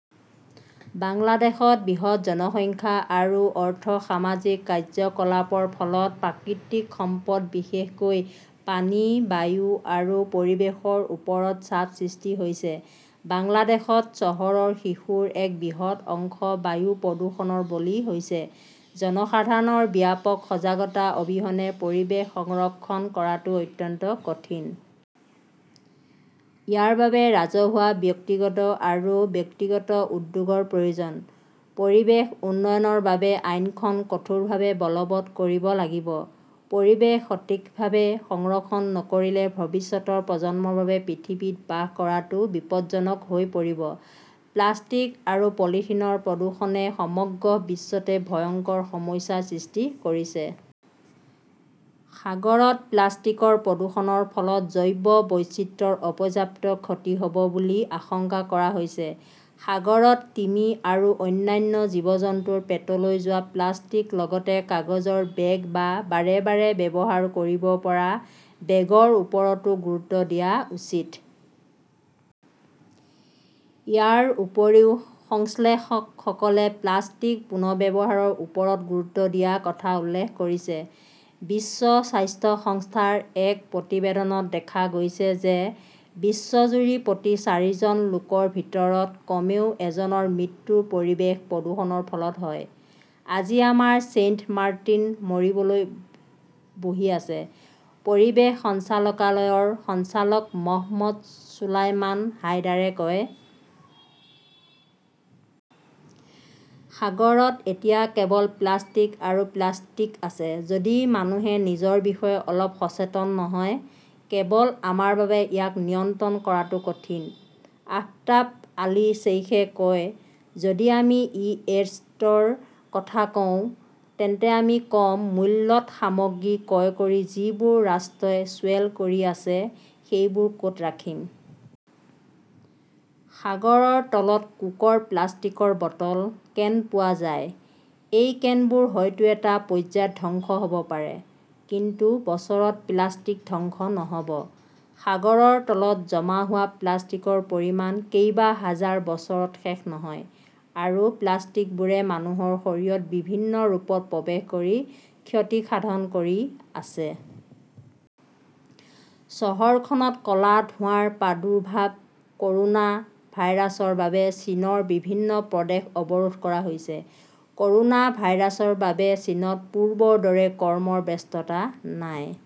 বাংলাদেশত বৃহৎ জনসংখ্যা আৰু অৰ্থ সামাজিক কাৰ্যকলাপৰ ফলত প্ৰাকৃতিক সম্পদ বিশেষকৈ পানী, বায়ু আৰু পৰিৱেশৰ ওপৰত চাপ সৃষ্টি হৈছে। বাংলাদেশত চহৰৰ শিশুৰ এক বৃহৎ অংশ বায়ু প্ৰদূষণৰ বলি হৈছে। জনসাধাৰণৰ ব্যাপক সজাগতা অবিহনে পৰিৱেশ সংৰক্ষণ কৰাটো অত্যন্ত কঠিন। ইয়াৰ বাবে ৰাজহুৱা-ব্যক্তিগত আৰু ব্যক্তিগত উদ্যোগৰ প্ৰয়োজন। পৰিৱেশৰ উন্নয়নৰ বাবে আইনখন কঠোৰভাৱে বলৱৎ কৰিব লাগিব। পৰিৱেশ সঠিকভাৱে সংৰক্ষণ নকৰিলে ভৱিষ্যতৰ প্ৰজন্মৰ বাবে পৃথিৱীত বাস কৰাটো বিপদজনক হৈ পৰিব। প্লাষ্টিক আৰু পলিথিনৰ প্ৰদূষণে সমগ্ৰ বিশ্বতে ভয়ংকৰ সমস্যাৰ সৃষ্টি কৰিছে। সাগৰত প্লাষ্টিকৰ প্ৰদূষণৰ ফলত জৈৱ বৈচিত্ৰ্যৰ অপৰ্যাপ্ত ক্ষতি হ'ব বুলি আশংকা কৰা হৈছে। সাগৰত তিমি আৰু অন্যান্য জীৱ-জন্তুৰ পেটলৈ যোৱা প্লাষ্টিক লগতে কাগজৰ বেগ বা বাৰে বাৰে ব্যৱহাৰ কৰিব পৰা বেগৰ ওপৰতো গুৰুত্ব দিয়া উচিত। ইয়াৰ উপৰিও সংশ্লেষকসকলে প্লাষ্টিক পুনৰ্ব্যৱহাৰৰ ওপৰত গুৰুত্ব দিয়াৰ কথা উল্লেখ কৰিছে। বিশ্ব স্বাস্থ্য সংস্থাৰ এক প্ৰতিবেদনত দেখা গৈছে যে, বিশ্বজুৰি প্ৰতি চাৰিজন লোকৰ ভিতৰত কমেও এজনৰ মৃত্যু পৰিৱেশ প্ৰদূষণৰ ফলত হয়। আজি আমাৰ ছেইণ্ট মাৰ্টিন মৰিবলৈ বহি আছে, পৰিৱেশ সঞ্চালকালয়ৰ সঞ্চালক মহম্মদ চুলাইমান হাইদাৰে কয়। সাগৰত এতিয়া কেৱল প্লাষ্টিক আৰু প্লাষ্টিক আছে। যদি মানুহে নিজৰ বিষয়ে অলপ সচেতন নহয়, কেৱল আমাৰ বাবে ইয়াক নিয়ন্ত্ৰণ কৰাটো কঠিন। আফতাব আলী শ্বেইখে কয়, যদি আমি ই ৱেষ্টৰ কথা কওঁ, তেন্তে আমি কম মূল্যত সামগ্ৰী ক্ৰয় কৰি যিবোৰ ৰাষ্ট্ৰই চুৱেল কৰি আছে সেইবোৰ ক'ত ৰাখিম? সাগৰৰ তলত কোকৰ প্লাষ্টিকৰ বটল, কেন পোৱা যায়। এই কেনবোৰ হয়তো এটা পৰ্যায়ত ধ্বংস হ'ব পাৰে, কিন্তু বছৰত প্লাষ্টিক ধ্বংস নহ'ব। সাগৰৰ তলত জমা হোৱা প্লাষ্টিকৰ পৰিমাণ কেইবাহাজাৰ বছৰত শেষ নহ'ব। আৰু এই প্লাষ্টিকবোৰে মানুহৰ শৰীৰত বিভিন্ন ৰূপত প্ৰৱেশ কৰি ক্ষতিসাধন কৰি আছে। চহৰখনত ক 'লা ধোঁৱাৰ প্ৰাদুৰ্ভাৱ ক'ৰোনা ভাইৰাছৰ বাবে চীনৰ বিভিন্ন প্ৰদেশ অৱৰোধ কৰা হৈছে। ক'ৰোনা ভাইৰাছৰ বাবে চীনত পূৰ্বৰ দৰে কৰ্মৰ ব্যস্ততা নাই।